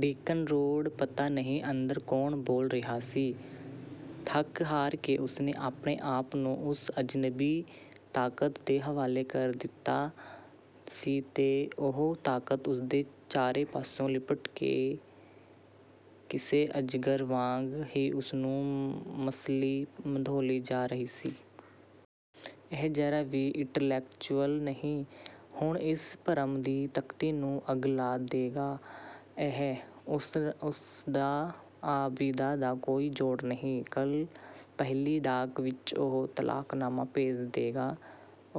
ਡਿੰਕਨ Road. ਪਤਾ ਨਹੀਂ ਅੰਦਰ ਕੌਣ ਬੋਲ ਰਿਹਾ ਸੀ! ਥੱਕ-ਹਾਰ ਕੇ ਉਸਨੇ ਆਪਣੇ ਆਪ ਨੂੰ ਉਸ ਅਜਨਬੀ ਤਾਕਤ ਦੇ ਹਵਾਲੇ ਕਰ ਦਿੱਤਾ ਸੀ ਤੇ ਉਹ ਤਾਕਤ ਉਸਦੇ ਚਾਰੇ ਪਾਸਿਓਂ ਲਿਪਟ ਕੇ ਕਿਸੇ ਅਜਗਰ ਵਾਂਗ ਹੀ ਉਸਨੂੰ ਮਸਲੀ-ਮਧੋਲੀ ਜਾ ਰਹੀ ਸੀ। ਇਹ ਜ਼ਰਾ ਵੀ 'ਇੰਟਲੈਕਚੁਅਲ' ਨਹੀਂ, ਹੁਣ ਇਸ ਭਰਮ ਦੀ ਤਖ਼ਤੀ ਨੂੰ ਅੱਗ ਲਾ ਦੇਗਾ ਇਹ। ਉਸਦਾ ਤੇ ਆਬਿਦਾ ਦਾ ਕੋਈ ਜੋੜ ਨਹੀਂ। ਕੱਲ੍ਹ ਪਹਿਲੀ ਡਾਕ ਵਿੱਚ ਉਹ ਤਲਾਕਨਾਮਾ ਭੇਜ ਦੇਗਾ।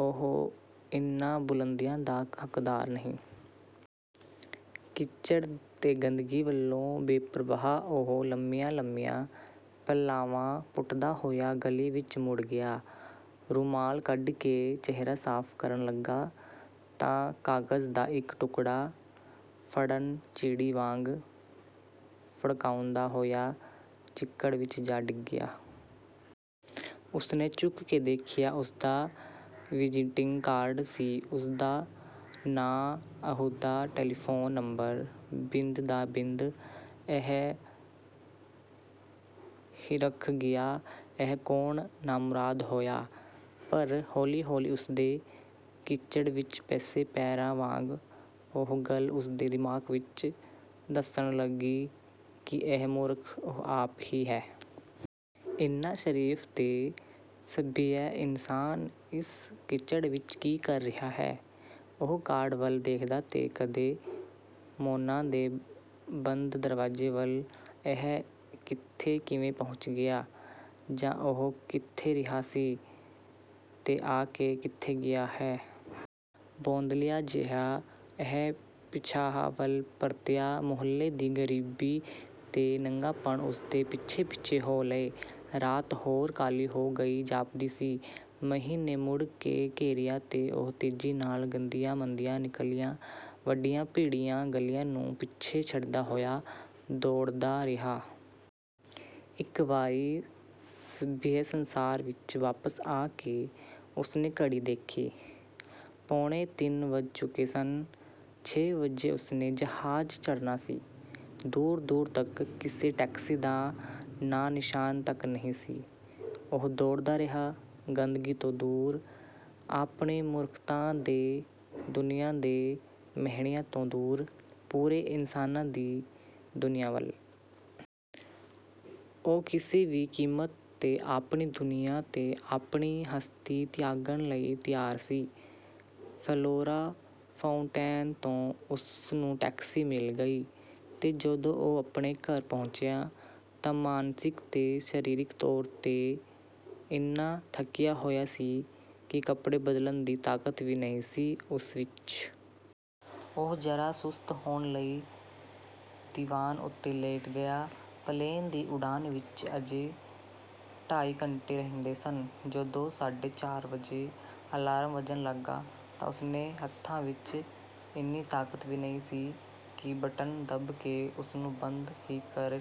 ਉਹ ਇਹਨਾਂ ਬੁਲੰਦੀਆਂ ਦਾ ਹੱਕਦਾਰ ਨਹੀਂ। ਕਿੱਚੜ ਤੇ ਗੰਦਗੀ ਵੱਲੋਂ ਬੇਪ੍ਰਵਾਹ ਉਹ ਲੰਮੀਆਂ-ਲੰਮੀਆਂ ਪਲਾਂਘਾਂ ਪੁੱਟਦਾ ਹੋਇਆ ਗਲੀ ਵਿੱਚ ਮੁੜ ਗਿਆ। ਰੁਮਾਲ ਕੱਢ ਕੇ ਚਿਹਰਾ ਸਾਫ਼ ਕਰਨ ਲੱਗਾ ਤਾਂ ਕਾਗਜ਼ ਦਾ ਇੱਕ ਟੁਕੜਾ ਫੱੜਨ-ਚਿੜੀ ਵਾਂਗ ਫੜਾਂਉਂਦਾ ਹੋਇਆ ਚਿੱਕੜ ਵਿੱਚ ਜਾ ਡਿੱਗਿਆ। ਉਸਨੇ ਚੁੱਕ ਕੇ ਦੇਖਿਆ, ਉਸਦਾ ਵਿਜ਼ਿਟਿੰਗ ਕਾਰਡ ਸੀ। ਉਸਦਾ ਨਾਂ, ਅਹੁਦਾ, ਟੈਲੀਫ਼ੋਨ ਨੰਬਰ, ਬਿੰਦ ਦਾ ਬਿੰਦ। ਇਹ ਹਿਰਖ ਗਿਆ, 'ਇਹ ਕੌਣ ਨਾਮੁਰਾਦ ਹੋਇਆ?' ਪਰ ਹੌਲੀ-ਹੌਲੀ ਉਸਦੇ ਕਿੱਚੜ ਵਿੱਚ ਧਸੇ ਪੈਰਾਂ ਵਾਂਗ ਊਹ ਗੱਲ ਉਸਦੇ ਦਿਮਾਗ਼ ਵਿੱਚ ਧਸਣ ਲੱਗੀ ਕਿ ਇਹ ਮੂਰਖ ਉਹ ਆਪ ਹੀ ਹੈ। ਇੰਨਾ ਸ਼ਰੀਫ਼ ਤੇ ਸੱਭਿਅ ਇਨਸਾਨ ਇਸ ਕਿੱਚੜ ਵਿੱਚ ਕੀ ਕਰ ਰਿਹਾ ਹੈ? ਉਹ ਕਾਰਡ ਵੱਲ ਦੇਖਦਾ ਤੇ ਕਦੇ ਮੋਨਾ ਦੇ ਬੰਦ ਦਰਵਾਜ਼ੇ ਵੱਲ। ਉਹ ਇੱਥੇ ਕਿਵੇਂ ਪਹੁੰਚ ਗਿਆ? ਜਾਂ ਉਹ ਕਿੱਥੇ ਰਿਹਾ ਸੀ, ਤੇ ਆ ਕੇ ਕਿੱਥੇ ਗਿਆ ਹੈ? ਬੌਂਦਲਿਆ ਜਿਹਾ ਉਹ ਪਿਛਾਂਹ ਵੱਲ ਪਰਤਿਆ, ਮੁਹੱਲੇ ਦੀ ਗਰੀਬੀ ਤੇ ਨੰਗਾਪਣ ਉਸਦੇ ਪਿੱਛੇ-ਪਿੱਛੇ ਹੋ ਲਏ। ਰਾਤ, ਹੋਰ ਕਾਲੀ ਹੋ ਗਈ ਜਾਪਦੀ ਸੀ। ਮੀਂਹ ਨੇ ਮੁੜ ਆ ਘੇਰਿਆ ਤੇ ਉਹ ਤੇਜ਼ੀ ਨਾਲ ਗੰਦੀਆਂ-ਮੰਦੀਆਂ, ਨਿੱਕਲਿਆਂ-ਵੱਡੀਆਂ, ਭੀੜੀਆਂ ਗਲੀਆਂ ਨੂੰ ਪਿੱਛੇ ਛੱਡਦਾ ਹੋਇਆ ਦੌੜਦਾ ਰਿਹਾ। ਇੱਕ ਵਾਰੀ ਸੱਭਿਅ ਸੰਸਾਰ ਵਿੱਚ ਵਾਪਸ ਆ ਕੇ ਉਸਨੇ ਘੜੀ ਦੇਖੀ, ਪੌਣੇ ਤਿੰਨ ਵੱਜ ਚੁੱਕੇ ਸਨ, ਛੇ ਵਜੇ ਉਸਨੇ ਜਹਾਜ਼ ਚੜ੍ਹਨਾ ਸੀ। ਦੂਰ-ਦੂਰ ਤੱਕ ਕਿਸੇ ਟੈਕਸੀ ਦਾ ਨਾਂ-ਨਿਸ਼ਾਨ ਤੱਕ ਨਹੀਂ ਸੀ। ਉਹ ਦੌੜਦਾ ਰਿਹਾ, ਗੰਦਗੀ ਤੋਂ ਦੂਰ, ਆਪਣੀ ਮੂਰਖਤਾ ਤੇ ਦੁਨੀਆਂ ਦੇ ਮਿਹਣਿਆਂ ਤੋਂ ਦੂਰ, ਪੂਰੇ ਇਨਸਾਨਾਂ ਦੀ ਦੁਨੀਆਂ ਵੱਲ। ਉਹ ਕਿਸੇ ਵੀ ਕੀਮਤ 'ਤੇ ਆਪਣੀ ਦੁਨੀਆਂ ਤੇ ਆਪਣੀ ਹਸਤੀ ਤਿਆਗਣ ਲਈ ਤਿਆਰ ਸੀ। ਫਲੋਰਾ ਫਾਊਂਟੈਨ ਤੋਂ ਉਸਨੂੰ ਟੈਕਸੀ ਮਿਲ ਗਈ ਤੇ ਜਦੋਂ ਉਹ ਘਰੇ ਪਹੁੰਚਿਆ ਤਾਂ ਮਾਨਸਿਕ ਤੇ ਸਰੀਰਕ ਤੌਰ 'ਤੇ ਇੰਨਾ ਥੱਕਿਆ ਹੋਇਆ ਸੀ ਕਿ ਕੱਪੜੇ ਬਦਲਣ ਦੀ ਤਾਕਤ ਵੀ ਨਹੀਂ ਸੀ ਉਸ ਵਿੱਚ। ਉਹ ਜ਼ਰਾ ਸੁਸਤ ਹੋਣ ਲਈ ਦੀਵਾਨ ਉੱਤੇ ਲੇਟ ਗਿਆ, ਪਲੇਨ ਦੀ ਉਡਾਨ ਵਿੱਚ ਅਜੇ ਢਾਈ ਘੰਟੇ ਰਹਿੰਦੇ ਸਨ। ਜਦੋਂ ਸਾਢੇ ਚਾਰ ਵਜੇ ਅਲਾਰਮ ਵੱਜਣ ਲੱਗਾ ਤਾਂ ਉਸਦੇ ਹੱਥਾਂ ਵਿੱਚ ਇੰਨੀ ਤਾਕਤ ਵੀ ਨਹੀਂ ਸੀ ਕਿ ਬਟਨ ਦੱਬ ਕੇ ਉਸਨੂੰ ਬੰਦ ਹੀ ਕਰ